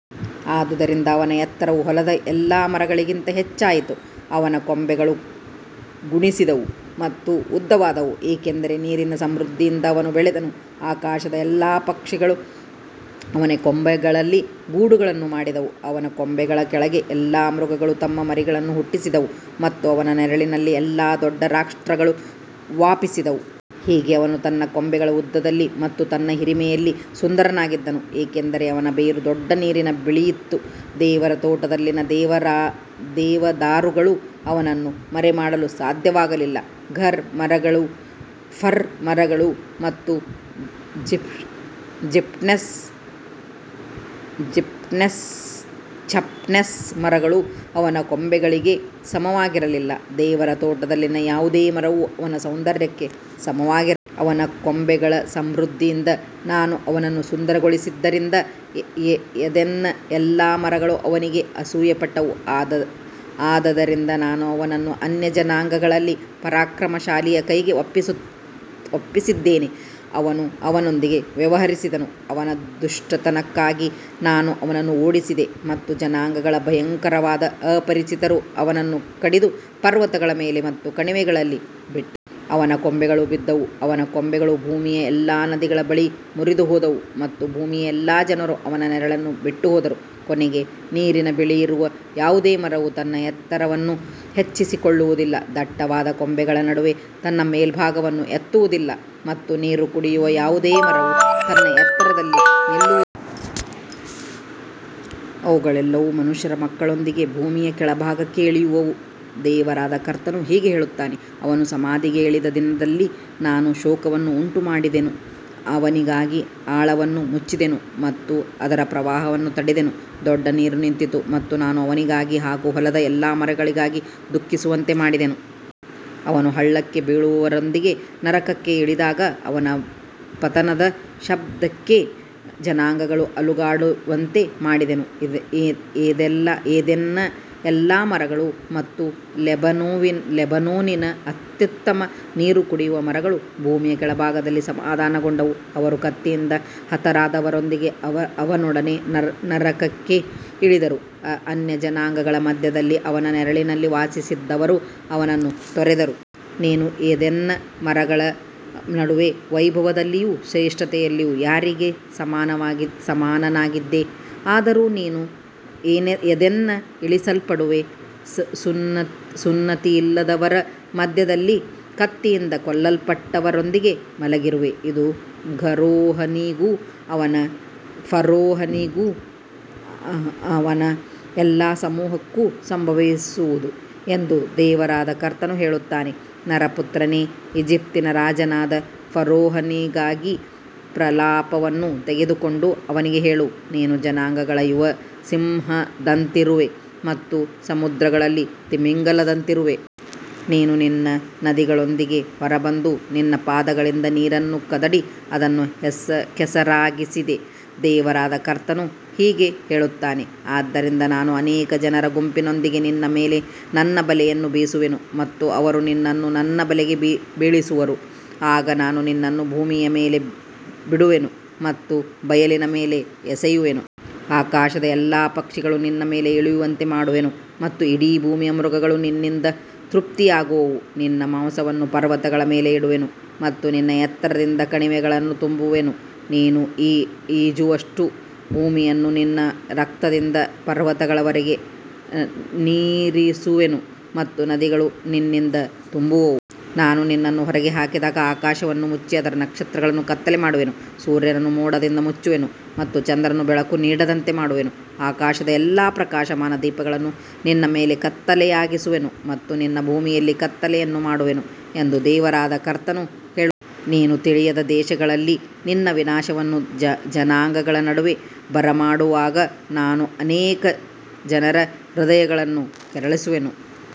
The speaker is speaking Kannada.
ಆದದರಿಂದ ಅವನ ಎತ್ತರವು ಹೊಲದ ಎಲ್ಲಾ ಮರಗಳಿಗಿಂತ ಹೆಚ್ಚಾಯಿತು, ಅವನ ಕೊಂಬೆಗಳು ಗುಣಿಸಿದವು ಮತ್ತು ಉದ್ದವಾದವು, ಏಕೆಂದರೆ ನೀರಿನ ಸಮೃದ್ಧಿಯಿಂದ ಅವನು ಬೆಳೆದನು. ಆಕಾಶದ ಎಲ್ಲಾ ಪಕ್ಷಿಗಳು ಅವನ ಕೊಂಬೆಗಳಲ್ಲಿ ಗೂಡುಗಳನ್ನು ಮಾಡಿದವು, ಅವನ ಕೊಂಬೆಗಳ ಕೆಳಗೆ ಎಲ್ಲಾ ಮೃಗಗಳು ತಮ್ಮ ಮರಿಗಳನ್ನು ಹುಟ್ಟಿಸಿದವು ಮತ್ತು ಅವನ ನೆರಳಿನಲ್ಲಿ ಎಲ್ಲಾ ದೊಡ್ಡ ರಾಷ್ಟ್ರಗಳು ವಾಸಿಸಿದವು. ಹೀಗೆ ಅವನು ತನ್ನ ಕೊಂಬೆಗಳ ಉದ್ದದಲ್ಲಿ ಮತ್ತು ತನ್ನ ಹಿರಿಮೆಯಲ್ಲಿ ಸುಂದರನಾಗಿದ್ದನು, ಏಕೆಂದರೆ ಅವನ ಬೇರು ದೊಡ್ಡ ನೀರಿನ ಬಳಿಯಿತ್ತು. ದೇವರ ತೋಟದಲ್ಲಿನ ದೇವದಾರುಗಳು ಅವನನ್ನು ಮರೆಮಾಡಲು ಸಾಧ್ಯವಾಗಲಿಲ್ಲ, ಫರ್ ಮರಗಳು ಮತ್ತು ಚೆಸ್ಟ್ನಟ್ ಮರಗಳು ಅವನ ಕೊಂಬೆಗಳಿಗೆ ಸಮವಾಗಿರಲಿಲ್ಲ, ದೇವರ ತೋಟದಲ್ಲಿನ ಯಾವುದೇ ಮರವೂ ಅವನ ಸೌಂದರ್ಯಕ್ಕೆ ಸಮವಾಗಿರಲಿಲ್ಲ. ಅವನ ಕೊಂಬೆಗಳ ಸಮೃದ್ಧಿಯಿಂದ ನಾನು ಅವನನ್ನು ಸುಂದರಗೊಳಿಸಿದ್ದರಿಂದ ಏದೆನ್ನ ಎಲ್ಲಾ ಮರಗಳು ಅವನಿಗೆ ಅಸೂಯೆಪಟ್ಟವು. ಆದದರಿಂದ ನಾನು ಅವನನ್ನು ಅನ್ಯಜನಾಂಗಗಳಲ್ಲಿ ಪರಾಕ್ರಮಶಾಲಿಯ ಕೈಗೆ ಒಪ್ಪಿಸಿದ್ದೇನೆ. ಅವನು ಅವನೊಂದಿಗೆ ವ್ಯವಹರಿಸಿದನು. ಅವನ ದುಷ್ಟತನಕ್ಕಾಗಿ ನಾನು ಅವನನ್ನು ಓಡಿಸಿದೆ ಮತ್ತು ಜನಾಂಗಗಳ ಭಯಂಕರವಾದ ಅಪರಿಚಿತರು ಅವನನ್ನು ಕಡಿದು ಪರ್ವತಗಳ ಮೇಲೆ ಮತ್ತು ಕಣಿವೆಗಳಲ್ಲಿ ಬಿಟ್ಟರು. ಅವನ ಕೊಂಬೆಗಳು ಬಿದ್ದವು, ಅವನ ಕೊಂಬೆಗಳು ಭೂಮಿಯ ಎಲ್ಲಾ ನದಿಗಳ ಬಳಿ ಮುರಿದುಹೋದವು ಮತ್ತು ಭೂಮಿಯ ಎಲ್ಲಾ ಜನರು ಅವನ ನೆರಳನ್ನು ಬಿಟ್ಟುಹೋದರು. ಕೊನೆಗೆ, ನೀರಿನ ಬಳಿಯಿರುವ ಯಾವುದೇ ಮರವು ತನ್ನ ಎತ್ತರವನ್ನು ಹೆಚ್ಚಿಸಿಕೊಳ್ಳುವುದಿಲ್ಲ, ದಟ್ಟವಾದ ಕೊಂಬೆಗಳ ನಡುವೆ ತನ್ನ ಮೇಲ್ಭಾಗವನ್ನು ಎತ್ತುವುದಿಲ್ಲ ಮತ್ತು ನೀರು ಕುಡಿಯುವ ಯಾವುದೇ ಮರವು ತನ್ನ ಎತ್ತರದಲ್ಲಿ ನಿಲ್ಲುವುದಿಲ್ಲ. ಅವುಗಳೆಲ್ಲವೂ ಮನುಷ್ಯರ ಮಕ್ಕಳೊಂದಿಗೆ ಭೂಮಿಯ ಕೆಳಭಾಗಕ್ಕೆ ಇಳಿಯುವವು. ದೇವರಾದ ಕರ್ತನು ಹೀಗೆ ಹೇಳುತ್ತಾನೆ, ಅವನು ಸಮಾಧಿಗೆ ಇಳಿದ ದಿನದಲ್ಲಿ ನಾನು ಶೋಕವನ್ನು ಉಂಟುಮಾಡಿದೆನು, ಅವನಿಗಾಗಿ ಆಳವನ್ನು ಮುಚ್ಚಿದೆನು ಮತ್ತು ಅದರ ಪ್ರವಾಹವನ್ನು ತಡೆದೆನು. ದೊಡ್ಡ ನೀರು ನಿಂತಿತು ಮತ್ತು ನಾನು ಅವನಿಗಾಗಿ ಹಾಗೂ ಹೊಲದ ಎಲ್ಲಾ ಮರಗಳಿಗಾಗಿ ದುಃಖಿಸುವಂತೆ ಮಾಡಿದೆನು. ಅವನು ಹಳ್ಳಕ್ಕೆ ಬೀಳುವವರೊಂದಿಗೆ ನರಕಕ್ಕೆ ಇಳಿದಾಗ ಅವನ ಪತನದ ಶಬ್ದಕ್ಕೆ ಜನಾಂಗಗಳು ಅಲುಗಾಡುವಂತೆ ಮಾಡಿದೆನು. ಏದೆನ್ನ ಎಲ್ಲಾ ಮರಗಳು ಮತ್ತು ಲೆಬನೋನಿನ ಅತ್ಯುತ್ತಮ ನೀರು ಕುಡಿಯುವ ಮರಗಳು ಭೂಮಿಯ ಕೆಳಭಾಗದಲ್ಲಿ ಸಮಾಧಾನಗೊಂಡವು. ಅವರು ಕತ್ತಿಯಿಂದ ಹತರಾದವರೊಂದಿಗೆ ಅವನೊಡನೆ ನರಕಕ್ಕೆ ಇಳಿದರು. ಅನ್ಯಜನಾಂಗಗಳ ಮಧ್ಯದಲ್ಲಿ ಅವನ ನೆರಳಿನಲ್ಲಿ ವಾಸಿಸಿದ್ದವರು ಅವನನ್ನು ತೊರೆದರು. ನೀನು ಏದೆನ್ನ ಮರಗಳ ನಡುವೆ ವೈಭವದಲ್ಲಿಯೂ ಶ್ರೇಷ್ಠತೆಯಲ್ಲಿಯೂ ಯಾರಿಗೆ ಸಮಾನನಾಗಿದ್ದೆ? ಆದರೂ ನೀನು ಏದೆನ್ನ ಮರಗಳೊಂದಿಗೆ ಭೂಮಿಯ ಕೆಳಭಾಗಗಳಿಗೆ ಇಳಿಸಲ್ಪಡುವೆ, ಸುನ್ನತಿಯಿಲ್ಲದವರ ಮಧ್ಯದಲ್ಲಿ ಕತ್ತಿಯಿಂದ ಕೊಲ್ಲಲ್ಪಟ್ಟವರೊಂದಿಗೆ ಮಲಗಿರುವೆ. ಇದು ಫರೋಹನಿಗೂ ಅವನ ಎಲ್ಲಾ ಸಮೂಹಕ್ಕೂ ಸಂಭವಿಸುವುದು ಎಂದು ದೇವರಾದ ಕರ್ತನು ಹೇಳುತ್ತಾನೆ. ನರಪುತ್ರನೇ, ಈಜಿಪ್ಟಿನ ರಾಜನಾದ ಫರೋಹನಿಗಾಗಿ ಪ್ರಲಾಪವನ್ನು ತೆಗೆದುಕೊಂಡು ಅವನಿಗೆ ಹೇಳು, ನೀನು ಜನಾಂಗಗಳ ಯುವ ಸಿಂಹದಂತಿರುವೆ ಮತ್ತು ಸಮುದ್ರಗಳಲ್ಲಿ ತಿಮಿಂಗಿಲದಂತಿರುವೆ. ನೀನು ನಿನ್ನ ನದಿಗಳೊಂದಿಗೆ ಹೊರಬಂದು ನಿನ್ನ ಪಾದಗಳಿಂದ ನೀರನ್ನು ಕದಡಿ ಅದನ್ನು ಕೆಸರಾಗಿಸಿದೆ. ದೇವರಾದ ಕರ್ತನು ಹೀಗೆ ಹೇಳುತ್ತಾನೆ, ಆದ್ದರಿಂದ ನಾನು ಅನೇಕ ಜನರ ಗುಂಪಿನೊಂದಿಗೆ ನಿನ್ನ ಮೇಲೆ ನನ್ನ ಬಲೆಯನ್ನು ಬೀಸುವೆನು ಮತ್ತು ಅವರು ನಿನ್ನನ್ನು ನನ್ನ ಬಲೆಗೆ ಬೀಳಿಸುವರು. ಆಗ ನಾನು ನಿನ್ನನ್ನು ಭೂಮಿಯ ಮೇಲೆ ಬಿಡುವೆನು ಮತ್ತು ಬಯಲಿನ ಮೇಲೆ ಎಸೆಯುವೆನು. ಆಕಾಶದ ಎಲ್ಲಾ ಪಕ್ಷಿಗಳು ನಿನ್ನ ಮೇಲೆ ಇಳಿಯುವಂತೆ ಮಾಡುವೆನು ಮತ್ತು ಇಡೀ ಭೂಮಿಯ ಮೃಗಗಳು ನಿನ್ನಿಂದ ತೃಪ್ತಿಯಾಗುವವು. ನಿನ್ನ ಮಾಂಸವನ್ನು ಪರ್ವತಗಳ ಮೇಲೆ ಇಡುವೆನು ಮತ್ತು ನಿನ್ನ ಎತ್ತರದಿಂದ ಕಣಿವೆಗಳನ್ನು ತುಂಬುವೆನು. ನೀನು ಈಜುವಷ್ಟು ಭೂಮಿಯನ್ನು ನಿನ್ನ ರಕ್ತದಿಂದ ಪರ್ವತಗಳವರೆಗೆ ನೀರಿಸುವೆನು ಮತ್ತು ನದಿಗಳು ನಿನ್ನಿಂದ ತುಂಬುವವು. ನಾನು ನಿನ್ನನ್ನು ಹೊರಗೆ ಹಾಕಿದಾಗ ಆಕಾಶವನ್ನು ಮುಚ್ಚಿ ಅದರ ನಕ್ಷತ್ರಗಳನ್ನು ಕತ್ತಲೆ ಮಾಡುವೆನು, ಸೂರ್ಯನನ್ನು ಮೋಡದಿಂದ ಮುಚ್ಚುವೆನು ಮತ್ತು ಚಂದ್ರನು ಬೆಳಕು ನೀಡದಂತೆ ಮಾಡುವೆನು. ಆಕಾಶದ ಎಲ್ಲಾ ಪ್ರಕಾಶಮಾನ ದೀಪಗಳನ್ನು ನಿನ್ನ ಮೇಲೆ ಕತ್ತಲೆಯಾಗಿಸುವೆನು ಮತ್ತು ನಿನ್ನ ಭೂಮಿಯಲ್ಲಿ ಕತ್ತಲೆಯನ್ನು ಮಾಡುವೆನು ಎಂದು ದೇವರಾದ ಕರ್ತನು ಹೇಳುತ್ತಾನೆ. ನೀನು ತಿಳಿಯದ ದೇಶಗಳಲ್ಲಿ ನಿನ್ನ ವಿನಾಶವನ್ನು ಜನಾಂಗಗಳ ನಡುವೆ ಬರಮಾಡುವಾಗ ನಾನು ಅನೇಕ ಜನರ ಹೃದಯಗಳನ್ನು ಕೆರಳಿಸುವೆನು.